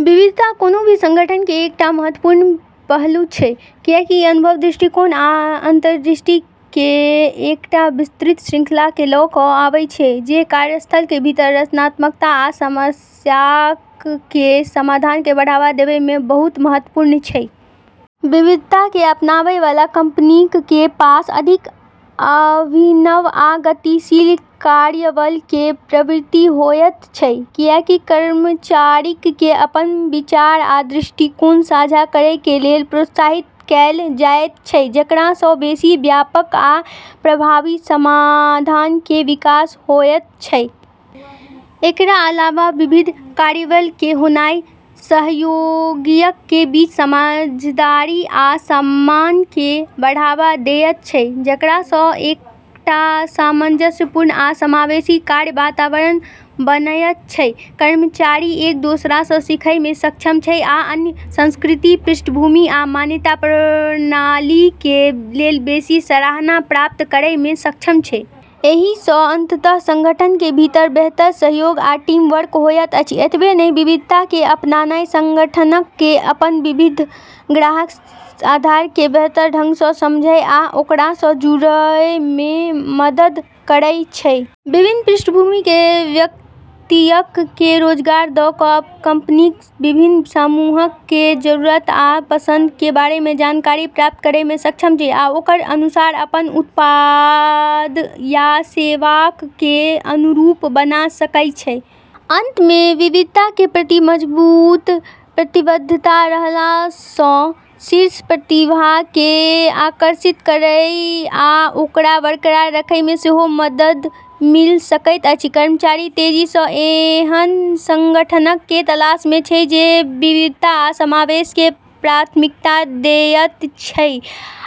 विविधता कोनों भी संगठन के एकटा महत्वपूर्ण पहलू छै, कियाकि इ अनुभव, दृष्टिकोण, आ अंतर्दृष्टि के एकटा विस्तृत श्रृंखला के ल क आबै छै, जे कार्यस्थल के भीतर रचनात्मकता आ समस्याक के समाधान के बढ़ावा देवय मे बहुत महत्वपूर्ण छै। विविधता के अपनाबै वाला कंपनीक के पास अधिक अभिनव आ गतिशील कार्यबल के प्रवृत्ति होयत छै, कियाकि कर्मचारीक के अपन विचार आ दृष्टिकोण साझा करय के लेल प्रोत्साहित कैल जायत छै, जेकरा सं बेसि व्यापक आ प्रभावी समाधान के विकास होयत छै। एकरा अलावा विविध कार्यबल के होनाय सहयोगियक के बीच समझदारी आ सम्मान के बढ़ावा देयत छै, जेकरा सं एकटा सामंजस्यपूर्ण आ समावेशी कार्य वातावरण बनयत छै। कर्मचारी एक दोसरा सं सीखय मे सक्षम छै आ अन्य संस्कृति, पृष्ठभूमि आ मान्यता प्रणाली के लेल बेसि सराहना प्राप्त करय मे सक्षम छै। एहि सं अंततः संगठन के भीतर बेहतर सहयोग आ टीम वर्क होयत अछि। एतबे नहि, विविधता के अपनानाय संगठनक के अपन विविध ग्राहक आधार के बेहतर ढंग सं समझय आ ओकरा सं जुड़य मे मदद करय छै। विभिन्न पृष्ठभूमि के व्यक्तियक के रोजगार द क कंपनीक विभिन्न समूहक के जरूरत आ पसंद के बारे मे जानकारी प्राप्त करय मे सक्षम छै, आ ओकर अनुसार अपन उत्पाद या सेवाक के अनुरूप बना सकय छै। अंत में, विविधता के प्रति मजबूत प्रतिबद्धता रहला सं शीर्ष प्रतिभा के आकर्षित करय आ ओकरा बरकरार रखय में सेहो मदद मिल सकैत अछि। कर्मचारी तेजी सं ऐहन संगठनक के तलाश मे छै जे विविधता आ समावेश के प्राथमिकता देयत छै,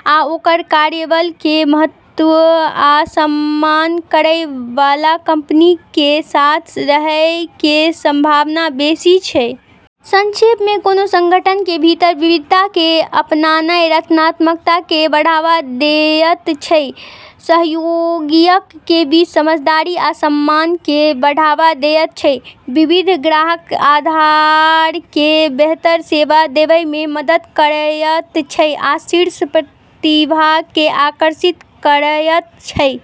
आ ओकर कार्यबल के महत्व आ सम्मान करय वाला कंपनी के साथ रहय के संभावना बेसि छै। संक्षेप मे, कोनों संगठन के भीतर विविधता के अपनानाय रचनात्मकता के बढ़ावा देयत छै, सहयोगियक के बीच समझदारी आ सम्मान के बढ़ावा देयत छै, विविध ग्राहक आधार के बेहतर सेवा देवय मे मदद करयत छै, आ शीर्ष प्रतिभा के आकर्षित करयत छै।